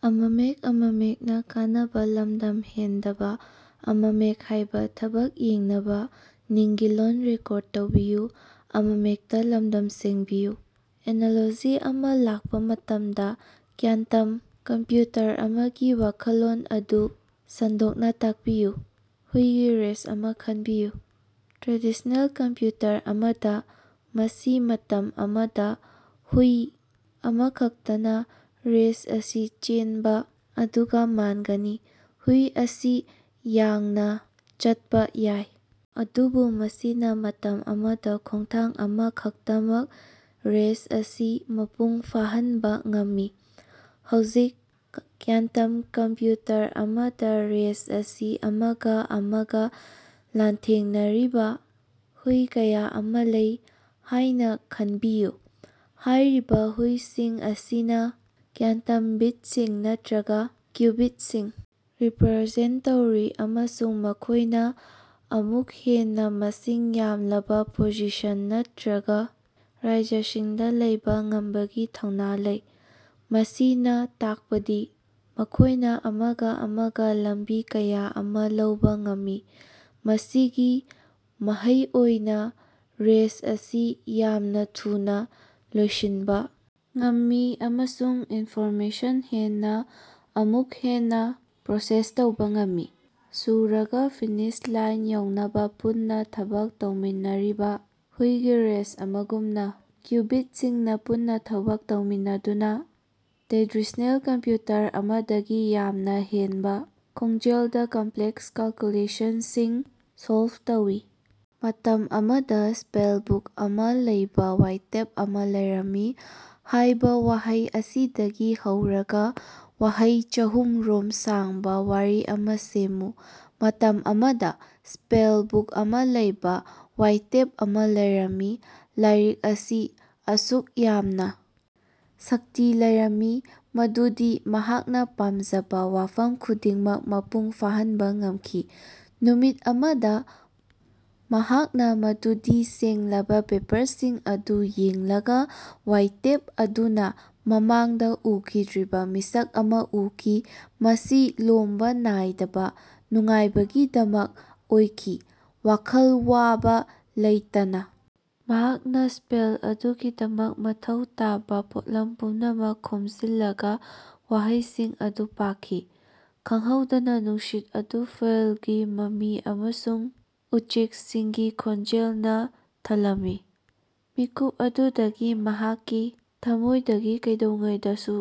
Analogy ꯑꯃ ꯂꯥꯛꯄ ꯃꯇꯝꯗ, ꯀ꯭ꯌꯥꯟꯇꯝ ꯀꯝꯄꯌꯨꯇꯔ ꯑꯃꯒꯤ ꯋꯥꯈꯜꯂꯣꯟ ꯑꯗꯨ ꯁꯟꯗꯣꯛꯅ ꯇꯥꯛꯄꯤꯌꯨ꯫ ꯍꯨꯏꯒꯤ ꯔꯦꯁ ꯑꯃ ꯈꯟꯕꯤꯌꯨ꯫ ꯇ꯭ꯔꯦꯗꯤꯁ꯭ꯅꯦꯜ ꯀꯝꯄꯌꯨꯇꯔ ꯑꯃꯗ, ꯃꯁꯤ ꯃꯇꯝ ꯑꯃꯗ ꯍꯨꯏ ꯑꯃꯈꯛꯇꯅ ꯔꯦꯁ ꯑꯁꯤ ꯆꯦꯟꯕ ꯑꯗꯨꯒ ꯃꯥꯟꯒꯅꯤ꯫ ꯍꯨꯏ ꯑꯁꯤ ꯌꯥꯡꯅ ꯆꯠꯄ ꯌꯥꯏ, ꯑꯗꯨꯕꯨ ꯃꯁꯤꯅ ꯃꯇꯝ ꯑꯃꯗ ꯈꯣꯡꯊꯥꯡ ꯑꯃꯈꯛꯇꯃꯛ ꯔꯦꯁ ꯑꯁꯤ ꯃꯄꯨꯡ ꯐꯥꯍꯟꯕ ꯉꯝꯃꯤ꯫ ꯍꯧꯖꯤꯛ, ꯀ꯭ꯌꯥꯟꯇꯝ ꯀꯝꯄꯌꯨꯇꯔ ꯑꯃꯗ ꯔꯦꯁ ꯑꯁꯤ ꯑꯃꯒ ꯑꯃꯒ ꯂꯥꯟꯊꯦꯡꯅꯔꯤꯕ ꯍꯨꯏ ꯀꯌꯥ ꯑꯃ ꯂꯩ ꯍꯥꯏꯅ ꯈꯟꯕꯤꯌꯨ꯫ ꯍꯥꯏꯔꯤꯕ ꯍꯨꯏꯁꯤꯡ ꯑꯁꯤꯅ ꯀ꯭ꯌꯥꯟꯇꯝ ꯕꯤꯠꯁꯤꯡ ꯅꯠꯇ꯭ꯔꯒꯥ ꯀ꯭ꯌꯨꯕꯤꯠꯁꯤꯡ ꯔꯤꯄꯔꯖꯦꯟꯇ ꯇꯧꯔꯤ, ꯑꯃꯁꯨꯡ ꯃꯈꯣꯏꯅ ꯑꯃꯨꯛ ꯍꯟꯅ ꯃꯁꯤꯡ ꯌꯥꯝꯂꯕ ꯄꯣꯖꯤꯁꯟ ꯅꯠꯇ꯭ꯔꯒꯥ ꯔꯥꯖ꯭ꯌꯁꯤꯡꯗ ꯂꯩꯕꯥ ꯉꯝꯕꯒꯤ ꯊꯧꯅ ꯂꯩ, ꯃꯁꯤꯅ ꯇꯥꯛꯄꯗꯤ ꯃꯈꯣꯏꯅ ꯑꯃꯒ ꯑꯃꯒ ꯂꯝꯕꯤ ꯀꯌꯥ ꯑꯃ ꯂꯧꯕ ꯉꯝꯃꯤ꯫ ꯃꯁꯤꯒꯤ ꯃꯍꯩ ꯑꯣꯏꯅ ꯔꯦꯁ ꯑꯁꯤ ꯌꯥꯝꯅ ꯊꯨꯅ ꯂꯣꯏꯁꯤꯟꯕ ꯉꯝꯃꯤ, ꯑꯃꯁꯨꯡ ꯏꯟꯐꯣꯔꯃꯦꯁꯟ ꯍꯦꯟꯅ ꯑꯃꯨꯛ ꯍꯟꯅ ꯄ꯭ꯔꯣꯁꯦꯁ ꯇꯧꯕ ꯉꯝꯃꯤ꯫ ꯁꯨꯔꯒ ꯐꯤꯅꯤꯁ ꯂꯥꯏꯟ ꯌꯧꯅꯕ ꯄꯨꯟꯅ ꯊꯕꯛ ꯇꯧꯃꯤꯟꯅꯔꯤꯕ ꯍꯨꯏꯒꯤ ꯔꯦꯁ ꯑꯃꯒꯨꯝꯅ, ꯀ꯭ꯌꯨꯕꯤꯠꯁꯤꯡꯅ ꯄꯨꯟꯅ ꯊꯕꯛ ꯇꯧꯃꯤꯟꯅꯗꯨꯅ ꯇ꯭ꯔꯦꯗꯤꯁ꯭ꯅꯦꯜ ꯀꯝꯄꯌꯨꯇꯔ ꯑꯃꯗꯒꯤ ꯌꯥꯝꯅ ꯍꯦꯟꯕ ꯈꯣꯡꯖꯦꯜꯗ ꯀꯝꯄꯂꯦꯛꯁ ꯀꯦꯜꯀꯨꯂꯦꯁꯟꯁꯤꯡ ꯁꯣꯜꯕ ꯇꯧꯏ꯫ "ꯃꯇꯝ ꯑꯃꯗ, ꯏꯁ꯭ꯄꯦꯜ ꯕꯨꯛ ꯑꯃ ꯂꯩꯕ ꯋꯥꯏꯇꯦꯞ ꯑꯃ ꯂꯩꯔꯝꯃꯤ" ꯍꯥꯏꯕ ꯋꯥꯍꯩ ꯑꯁꯤꯗꯒꯤ ꯍꯧꯔꯒ ꯋꯥꯍꯩ ꯆꯥꯍꯨꯝ ꯔꯣꯝ ꯁꯥꯡꯕ ꯋꯥꯔꯤ ꯑꯃ ꯁꯦꯝꯃꯨ꯫ ꯃꯇꯝ ꯑꯃꯗ ꯁ꯭ꯄꯦꯜ ꯕꯨꯛ ꯑꯃ ꯂꯩꯕ ꯋꯥꯏꯇꯦꯞ ꯑꯃ ꯂꯩꯔꯝꯃꯤ꯫ ꯂꯥꯏꯔꯤꯛ ꯑꯁꯤ ꯑꯁꯨꯛ ꯌꯥꯝꯅ ꯁꯛꯇꯤ ꯂꯩꯔꯝꯏ ꯃꯗꯨꯗꯤ ꯃꯍꯥꯛꯅ ꯄꯥꯝꯖꯕ ꯋꯥꯐꯝ ꯈꯨꯗꯤꯡꯃꯛ ꯃꯄꯨꯡ ꯐꯥꯍꯟꯕ ꯉꯝꯈꯤ꯫ ꯅꯨꯃꯤꯠ ꯑꯃꯗ, ꯃꯍꯥꯛꯅ ꯃꯗꯨꯒꯤ ꯁꯦꯡꯂꯕ ꯄꯦꯄ꯭ꯔꯁꯤꯡ ꯑꯗꯨ ꯌꯦꯡꯂꯒꯥ, ꯋꯥꯏꯇꯦꯞ ꯑꯗꯨꯅ ꯃꯃꯥꯡꯗ ꯎꯈꯤꯗ꯭ꯔꯤꯕ ꯃꯤꯁꯛ ꯑꯃ ꯎꯈꯤ; ꯃꯁꯤ ꯂꯣꯝꯕ ꯅꯥꯏꯗꯕ ꯅꯨꯡꯉꯥꯏꯕꯒꯤꯗꯃꯛ ꯑꯣꯏꯈꯤ꯫ ꯋꯥꯈꯜ ꯋꯥꯕ ꯂꯩꯇꯅ ꯃꯍꯥꯛꯅ ꯏꯁ꯭ꯄꯦꯜ ꯑꯗꯨꯒꯤꯗꯃꯛ ꯃꯊꯧ ꯇꯥꯕ ꯄꯣꯠꯂꯝ ꯄꯨꯝꯅꯃꯛ ꯈꯣꯝꯖꯤꯜꯂꯒꯥ ꯋꯥꯍꯩꯁꯤꯡ ꯑꯗꯨ ꯄꯥꯈꯤ꯫ ꯈꯪꯍꯧꯗꯅ ꯅꯨꯡꯁꯤꯠ ꯑꯗꯨ ꯐꯨꯜꯒꯤ ꯃꯃꯤ ꯑꯃꯁꯨꯡ ꯎꯆꯦꯛꯁꯤꯡꯒꯤ ꯈꯣꯟꯖꯦꯜꯅ ꯊꯜꯂꯝꯃꯤ꯫ ꯃꯤꯀꯨꯞ ꯑꯗꯨꯗꯒꯤ ꯃꯍꯥꯛꯀꯤ ꯊꯝꯃꯣꯏꯗꯒꯤ ꯀꯩꯗꯧꯉꯩꯗꯁꯨ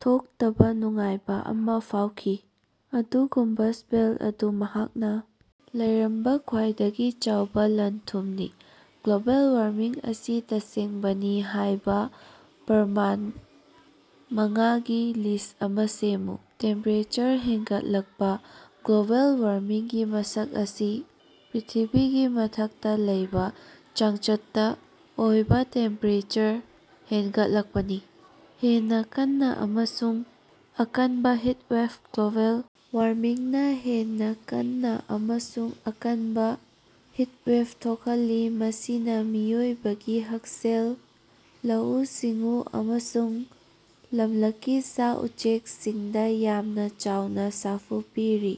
ꯊꯣꯛꯇꯕ ꯅꯨꯡꯉꯥꯏꯕ ꯑꯃ ꯐꯥꯎꯈꯤ꯫ ꯑꯗꯨꯒꯨꯝꯕ ꯏꯁ꯭ꯄꯦꯜ ꯑꯗꯨ ꯃꯍꯥꯛꯅ ꯂꯩꯔꯝꯕ ꯈ꯭ꯋꯥꯏꯗꯒꯤ ꯆꯥꯎꯕ ꯂꯟ-ꯊꯨꯝꯅꯤ꯫ ꯒ꯭ꯂꯣꯕꯦꯜ ꯋꯥꯔꯃꯤꯡ ꯑꯁꯤ ꯇꯁꯦꯡꯕꯅꯤ ꯍꯥꯏꯕ ꯄ꯭ꯔꯃꯥꯟ ꯃꯉꯥꯒꯤ ꯂꯤꯁ ꯑꯃ ꯁꯦꯝꯃꯨ꯫ ꯇꯦꯝꯄꯦꯔꯦꯆꯔ ꯍꯦꯟꯒꯠꯂꯛꯄ: ꯒ꯭ꯂꯣꯕꯦꯜ ꯋꯥꯔꯃꯤꯡꯒꯤ ꯃꯁꯛ ꯑꯁꯤ ꯄ꯭ꯔꯤꯊꯤꯕꯤꯒꯤ ꯃꯊꯛꯇ ꯂꯩꯕ ꯆꯥꯡꯆꯠꯇ ꯑꯣꯏꯕ ꯇꯦꯝꯄꯦꯔꯦꯆꯔ ꯍꯦꯟꯒꯠꯂꯛꯄꯅꯤ꯫ ꯍꯦꯟꯅ ꯀꯟꯅ ꯑꯃꯁꯨꯡ ꯑꯀꯟꯕ ꯍꯤꯠꯋꯦꯕ: ꯒ꯭ꯂꯣꯕꯦꯜ ꯋꯥꯔꯃꯤꯡꯅ ꯍꯦꯟꯅ ꯀꯟꯅ ꯑꯃꯁꯨꯡ ꯑꯀꯟꯕ ꯍꯤꯠꯋꯦꯕ ꯊꯣꯛꯍꯜꯂꯤ, ꯃꯁꯤꯅ ꯃꯤꯑꯣꯏꯕꯒꯤ ꯍꯛꯁꯦꯜ, ꯂꯧꯎ-ꯁꯤꯡꯎ ꯑꯃꯁꯨꯡ ꯂꯝꯂꯛꯀꯤ ꯁꯥ-ꯎꯆꯦꯛꯁꯤꯡꯗ ꯌꯥꯝꯅ ꯆꯥꯎꯅ ꯁꯥꯐꯨ ꯄꯤꯔꯤ꯫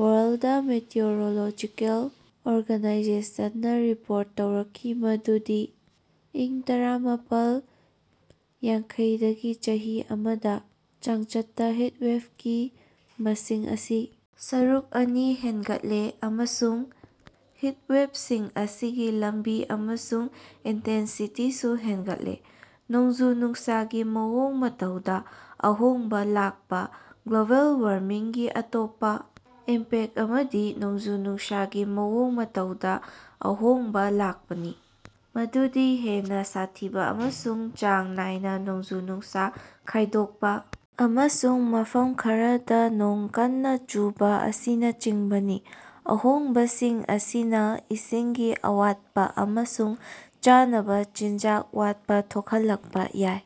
ꯋꯥꯔꯜꯗ ꯃꯦꯇꯤꯑꯣꯔꯣꯂꯣꯖꯤꯀꯦꯜ ꯑꯣꯔꯒꯅꯥꯏꯖꯦꯁꯟꯅ ꯔꯤꯄꯣꯔꯠ ꯇꯧꯔꯛꯈꯤ ꯃꯗꯨꯗꯤ ꯏꯪ ꯇꯔꯥꯃꯄꯥꯜ ꯌꯥꯡꯈꯩꯗꯒꯤ ꯆꯍꯤ ꯑꯃꯗ ꯆꯥꯡꯆꯠꯇ ꯍꯤꯠꯋꯦꯕꯀꯤ ꯃꯁꯤꯡ ꯑꯁꯤ ꯁꯔꯨꯛ ꯑꯅꯤ ꯍꯦꯟꯒꯠꯂꯦ, ꯑꯃꯁꯨꯡ ꯍꯤꯠꯋꯦꯕꯁꯤꯡ ꯑꯁꯤꯒꯤ ꯂꯝꯕꯤ ꯑꯃꯁꯨꯡ ꯏꯟꯇꯦꯟꯁꯤꯇꯤꯁꯨ ꯍꯦꯟꯒꯠꯂꯦ꯫ ꯅꯣꯡꯖꯨ-ꯅꯨꯡꯁꯥꯒꯤ ꯃꯑꯣꯡ ꯃꯇꯧꯗ ꯑꯍꯣꯡꯕ ꯂꯥꯛꯄ: ꯒ꯭ꯂꯣꯕꯦꯜ ꯋꯥꯔꯃꯤꯡꯒꯤ ꯑꯇꯣꯞꯄ ꯏꯝꯄꯦꯛꯇ ꯑꯃꯗꯤ ꯅꯣꯡꯖꯨ-ꯅꯨꯡꯁꯥꯒꯤ ꯃꯑꯣꯡ ꯃꯇꯧꯗ ꯑꯍꯣꯡꯕ ꯂꯥꯛꯄꯅꯤ, ꯃꯗꯨꯗꯤ ꯍꯦꯟꯅ ꯁꯥꯊꯤꯕ ꯑꯃꯁꯨꯡ ꯆꯥꯡ ꯅꯥꯏꯅ ꯅꯣꯡꯖꯨ-ꯅꯨꯡꯁꯥ ꯈꯥꯏꯗꯣꯛꯄ ꯑꯃꯁꯨꯡ ꯃꯐꯝ ꯈꯔꯗ ꯅꯣꯡ ꯀꯟꯅ ꯆꯨꯕ ꯑꯁꯤꯅꯆꯤꯡꯕꯅꯤ꯫ ꯑꯍꯣꯡꯕꯁꯤꯡ ꯑꯁꯤꯅ ꯏꯁꯤꯡꯒꯤ ꯑꯋꯥꯠꯄ ꯑꯃꯁꯨꯡ ꯆꯥꯅꯕ ꯆꯤꯟꯖꯥꯛ ꯋꯥꯠꯄ ꯊꯣꯍꯜꯂꯛꯄ ꯌꯥꯏ꯫